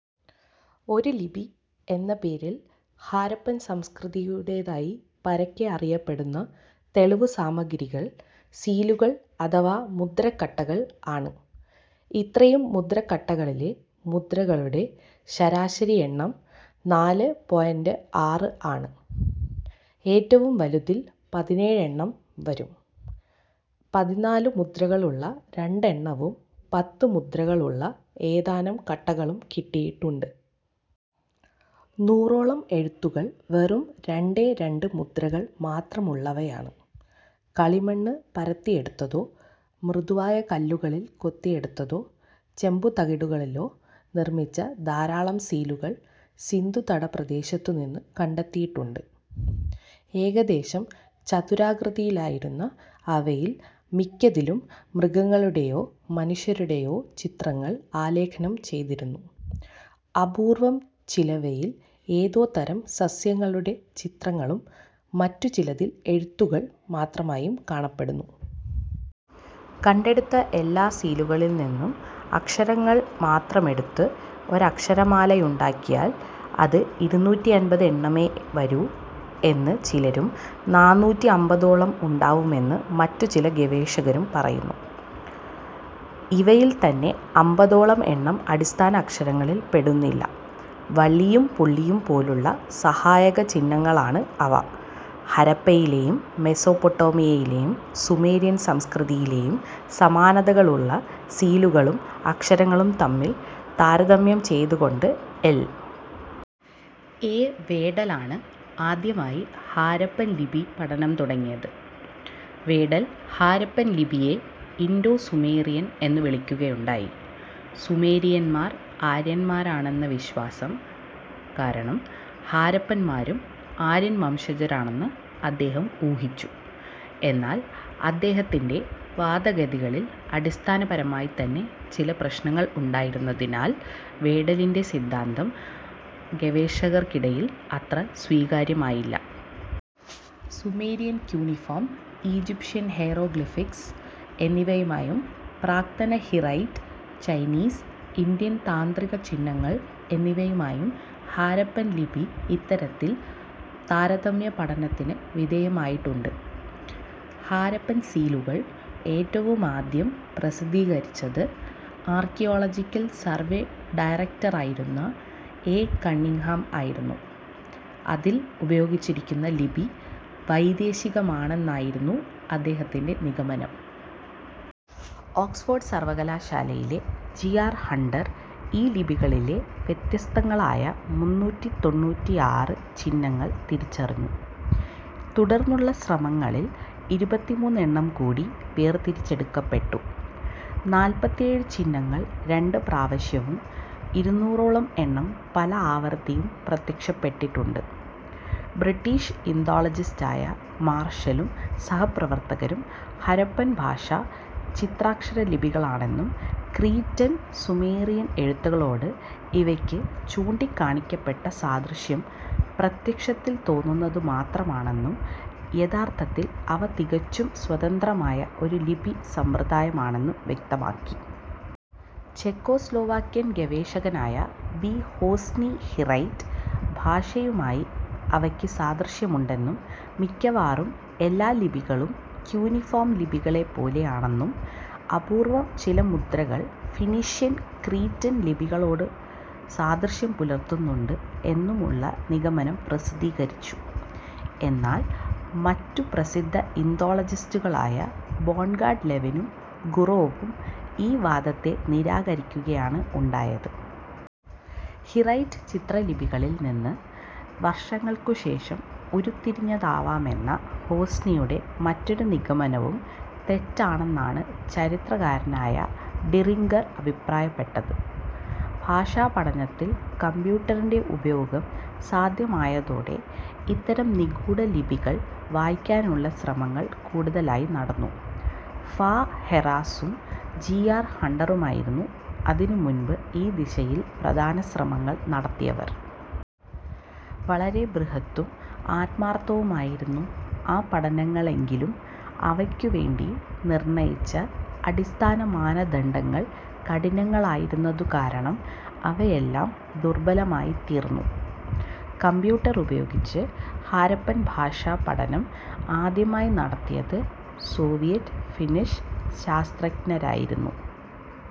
ഒരു ലിപി എന്ന പേരിൽ ഹാരപ്പൻ സംസ്കൃതിയുടേതായി പരക്കെ അറിയപ്പെടുന്ന തെളിവുസാമഗ്രികൾ സീലുകൾ അഥവാ മുദ്രക്കട്ടകൾ ആണ്. ഇത്രയും മുദ്രക്കട്ടകളിലെ മുദ്രകളുടെ ശരാശരി എണ്ണം നാല് പോയിന്റ് ആറ് ആണ്. ഏറ്റവും വലുതിൽ പതിനേഴ് എണ്ണം വരും. പതിനാലു മുദ്രകളുള്ള രണ്ടെണ്ണവും പത്ത് മുദ്രകളുള്ള ഏതാനും കട്ടകളും കിട്ടിയിട്ടുണ്ട്. നൂറോളം എഴുത്തുകൾ വെറും രണ്ടേ രണ്ട് മുദ്രകൾ മാത്രമുള്ളവയാണ്. കളിമണ്ണ് പരത്തിയെടുത്തതോ, മൃദുവായ കല്ലുകളിൽ കൊത്തിയെടുത്തതോ, ചെമ്പുതകിടുകളിലോ നിർമ്മിച്ച ധാരാളം സീലുകൾ സിന്ധുതടപ്രദേശത്തുനിന്ന് കണ്ടെത്തിയിട്ടുണ്ട്. ഏകദേശം ചതുരാകൃതിയിലായിരുന്ന അവയിൽ മിക്കതിലും മൃഗങ്ങളുടേയോ മനുഷ്യരുടേയോ ചിത്രങ്ങൾ ആലേഖനം ചെയ്തിരുന്നു. അപൂർവം ചിലവയിൽ ഏതോ തരം സസ്യങ്ങളുടെ ചിത്രങ്ങളും മറ്റു ചിലതിൽ എഴുത്തുകൾ മാത്രമായും കാണപ്പെടുന്നു. കണ്ടെടുത്ത എല്ലാ സീലുകളിൽനിന്നും അക്ഷരങ്ങൾ മാത്രമെടുത്ത് ഒരക്ഷരമാലയുണ്ടാക്കിയാൽ അത് ഇരുന്നൂറ്റി അമ്പത് എണ്ണമേ വരൂ എന്ന് ചിലരും നാനൂറ്റി അമ്പതോളം ഉണ്ടാവുമെന്ന് മറ്റു ചില ഗവേഷകരും പറയുന്നു. ഇവയിൽത്തന്നെ അമ്പതോളം എണ്ണം അടിസ്ഥാന അക്ഷരങ്ങളിൽപ്പെടുന്നില്ല. വള്ളിയും പുള്ളിയും പോലുള്ള സഹായക ചിഹ്നങ്ങളാണ് അവ. ഹരപ്പയിലേയും മെസോപൊട്ടോമിയയിലേയും സുമേരിയൻ സംസ്കൃതിയിലേയും സമാനതകളുള്ള സീലുകളും അക്ഷരങ്ങളും തമ്മിൽ താരതമ്യം ചെയ്തുകൊണ്ട് എൽ. എ. വേഡൽ ആണ് ആദ്യമായി ഹാരപ്പൻ ലിപി പഠനം തുടങ്ങിയത്. വേഡൽ ഹാരപ്പൻ ലിപിയെ ഇൻഡോ സുമേറിയൻ എന്നു വിളിക്കുകയുണ്ടായി. സുമേരിയന്മാർ ആര്യന്മാരാണെന്ന വിശ്വാസം കാരണം ഹാരപ്പന്മാരും ആര്യൻ വംശജരാണെന്ന് അദ്ദേഹം ഊഹിച്ചു. എന്നാൽ അദ്ദേഹത്തിൻ്റെ വാദഗതികളിൽ അടിസ്ഥാനപരമായിത്തന്നെ ചില പ്രശ്നങ്ങൾ ഉണ്ടായിരുന്നതിനാൽ വേഡലിൻ്റെ സിദ്ധാന്തം ഗവേഷകർക്കിടയിൽ അത്ര സ്വീകാര്യമായില്ല. സുമേരിയൻ കൂണിഫോം, ഈജിപ്ഷ്യൻ ഹേയ്റോഗ്ലിഫിക്സ് എന്നിവയുമായും പ്രാക്തന ഹിറൈറ്റ്, ചൈനീസ്, ഇന്ത്യൻ താന്ത്രിക ചിഹ്നങ്ങൾ എന്നിവയുമായും ഹാരപ്പൻ ലിപി ഇത്തരത്തിൽ താരതമ്യപഠനത്തിനു വിധേയമായിട്ടുണ്ട്. ഹാരപ്പൻ സീലുകൾ ഏറ്റവുമാദ്യം പ്രസിദ്ധീകരിച്ചത് ആർക്കിയോളജിക്കൽ സർവേ ഡയറക്റ്ററായിരുന്ന എ. കണ്ണിങ്ങ്ഹാം ആയിരുന്നു. അതിൽ ഉപയോഗിച്ചിരിക്കുന്ന ലിപി വൈദേശികമാണെന്നായിരുന്നു അദ്ദേഹത്തിൻ്റെ നിഗമനം. ഓക്സ്ഫോർഡ് സർവകലാശാലയിലെ ജി. ആർ. ഹണ്ടർ ഈ ലിപികളിലെ വ്യത്യസ്തങ്ങളായ മുന്നൂറ്റി തൊണ്ണൂറ്റിയാറ് ചിഹ്നങ്ങൾ തിരിച്ചറിഞ്ഞു. തുടർന്നുള്ള ശ്രമങ്ങളിൽ ഇരുപത്തിമൂന്ന് എണ്ണം കൂടി വേർതിരിച്ചെടുക്കപ്പെട്ടു. നാൽപ്പത്തിയേഴ് ചിഹ്നങ്ങൾ രണ്ട് പ്രാവശ്യവും ഇരുന്നൂറോളം എണ്ണം പല ആവർത്തിയും പ്രത്യക്ഷപ്പെട്ടിട്ടുണ്ട്. ബ്രിട്ടിഷ് ഇന്തോളജിസ്റ്റായ മാർഷലും സഹപ്രവർത്തകരും ഹരപ്പൻ ഭാഷ ചിത്രാക്ഷരലിപികളാണെന്നും ക്രീറ്റൻ സുമേറിയൻ എഴുത്തുകളോട് ഇവയ്ക്ക് ചൂണ്ടിക്കാണിക്കപ്പെട്ട സാദൃശ്യം പ്രത്യക്ഷത്തിൽ തോന്നുന്നതുമാത്രമാണെന്നും യഥാർഥത്തിൽ അവ തികച്ചും സ്വതന്ത്രമായ ഒരു ലിപി സമ്പ്രദായമാണെന്നും വ്യക്തമാക്കി. ചെക്കോസ്ലോവാക്യൻ ഗവേഷകനായ ബി. ഹോസ്നി ഹിറൈറ്റ് ഭാഷയുമായി അവക്ക് സാദൃശ്യമുണ്ടെന്നും, മിക്കവാറും എല്ലാ ലിപികളും ക്യൂനിഫോം ലിപികളെപ്പോലെ ആണെന്നും അപൂർവം ചില മുദ്രകൾ ഫിന്നീഷ്യൻ ക്രീറ്റൻ ലിപികളോടും സാദൃശ്യം പുലർത്തുന്നുണ്ട് എന്നുമുള്ള നിഗമനം പ്രസിദ്ധീകരിച്ചു. എന്നാൽ മറ്റു പ്രസിദ്ധ ഇന്തോളജിസ്റ്റുകളായ ബോൺഗാഡ് ലെവിനും ഗുറോവും ഈ വാദത്തെ നിരാകരിക്കുകയാണ് ഉണ്ടായത്. ഹിറൈറ്റ് ചിത്രലിപികളിൽ നിന്ന് വർഷങ്ങൾക്കു ശേഷം ഉരുത്തിരിഞ്ഞതാവാമെന്ന ഹോസ്നിയുടെ മറ്റൊരു നിഗമനവും തെറ്റാണെന്നാണ് ചരിത്രകാരനായ ഡിറിംഗർ അഭിപ്രായപ്പെട്ടത്. ഭാഷാപഠനത്തിൽ കമ്പ്യൂട്ടറിൻ്റെ ഉപയോഗം സാധ്യമായതോടെ ഇത്തരം നിഗൂഢലിപികൾ വായിക്കാനുള്ള ശ്രമങ്ങൾ കൂടുതലായി നടന്നു. ഫാ. ഹെറാസും ജി. ആർ. ഹണ്ടറുമായിരുന്നു അതിനു മുമ്പ് ഈ ദിശയിൽ പ്രധാന ശ്രമങ്ങൾ നടത്തിയവർ. വളരെ ബൃഹത്തും ആത്മാർഥവുമായിരുന്നു ആ പഠനങ്ങളെങ്കിലും അവക്കുവേണ്ടി നിർണയിച്ച അടിസ്ഥാനമാനദണ്ഡങ്ങൾ കഠിനങ്ങളായിരുന്നതുകാരണം അവയെല്ലാം ദുർബലമായിത്തീർന്നു. കമ്പ്യൂട്ടർ ഉപയോഗിച്ച് ഹാരപ്പൻ ഭാഷാ പഠനം ആദ്യമായി നടത്തിയത് സോവിയറ്റ് ഫിന്നിഷ് ശാസ്ത്രജ്ഞരായിരുന്നു.